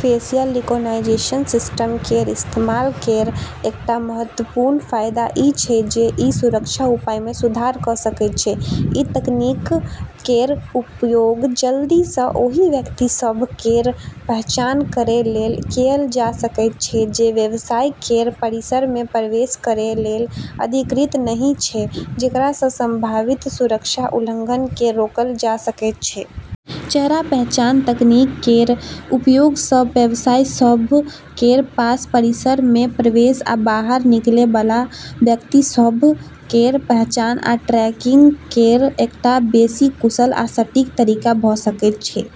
Facial recognition system केर इस्तेमाल केर एकटा महत्वपूर्ण फायदा ई छै जे ई सुरक्षा उपाय मे सुधार कऽ सकैत छै। ई तकनीक केर उपयोग जल्दी सँ ओहि व्यक्ति सभ केर पहचान करै लेल कएल जा सकैत छै जे व्यवसाय केर परिसर मे प्रवेश करै लेल अधिकृत नहि छै, जेकरा सँ संभावित सुरक्षा उल्लंघन केँ रोकल जा सकैत छै। चेहरा पहचान तकनीक केर उपयोग सँ व्यवसाय सभ केर पास परिसर मे प्रवेश आ बाहर निकलै बला व्यक्ति सभ केर पहचान आ ट्रैकिंग केर एकटा बेसी कुशल आ सटीक तरीका भऽ सकैत छै।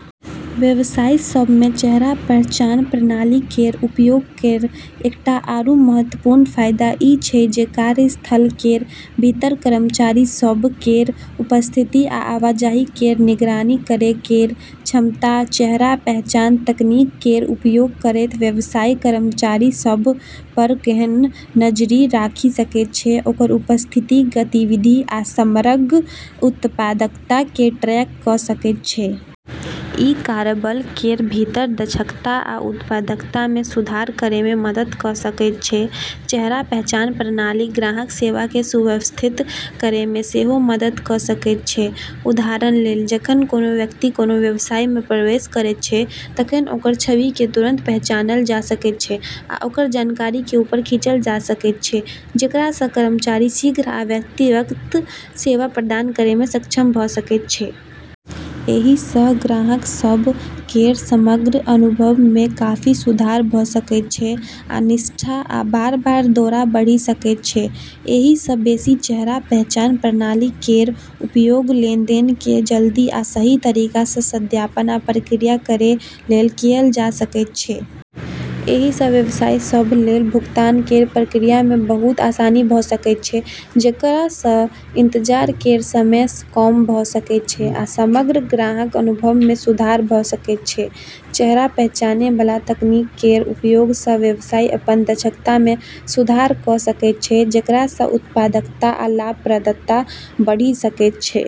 व्यवसाय सभ मे चेहरा पहचान प्रणाली केर उपयोग केर एकटा आरू महत्वपूर्ण फायदा ई छै जे कार्यस्थल केर भीतर कर्मचारी सभ केर उपस्थिति आ आवाजाही केर निगरानी करै केर क्षमता। चेहरा पहचान तकनीक केर उपयोग करैत, व्यवसाय कर्मचारी सभ पर गहन नजरि राखि सकैत छै, ओकर उपस्थिति, गतिविधि आ समग्र उत्पादकता केँ ट्रैक कऽ सकैत छै। ई कार्यबल केर भीतर दक्षता आ उत्पादकता मे सुधार करै मे मदद कऽ सकैत छै। चेहरा पहचान प्रणाली ग्राहक सेवा केँ सुव्यवस्थित करै मे सेहो मदद कऽ सकैत छै। उदाहरण लेल, जखन कोनो व्यक्ति कोनो व्यवसाय मे प्रवेश करैत छै, तखन ओकर छवि केँ तुरंत पहचानल जा सकैत छै आ ओकर जानकारी केँ ऊपर खींचल जा सकैत छै, जेकरा सँ कर्मचारी शीघ्र आ व्यक्तिगत सेवा प्रदान करै मे सक्षम भऽ सकैत छै। एहि सँ ग्राहक सभ केर समग्र अनुभव मे काफी सुधार भऽ सकैत छै आ निष्ठा आ बार-बार दौरा बढ़ि सकैत छै। एहि सँ बेसी, चेहरा पहचान प्रणाली केर उपयोग लेनदेन केँ जल्दी आ सही तरीका सँ सत्यापन आ प्रक्रिया करै लेल कएल जा सकैत छै। एहि सँ व्यवसाय सभ लेल भुगतान केर प्रक्रिया मे बहुत आसानी भऽ सकैत छै, जेकरा सँ इंतजार केर समय कम भऽ सकैत छै आ समग्र ग्राहक अनुभव मे सुधार भऽ सकैत छै। चेहरा पहचानै बला तकनीक केर उपयोग सँ व्यवसाय अपन दक्षता मे सुधार कऽ सकैत छै, जेकरा सँ उत्पादकता आ लाभप्रदता बढ़ि सकैत छै।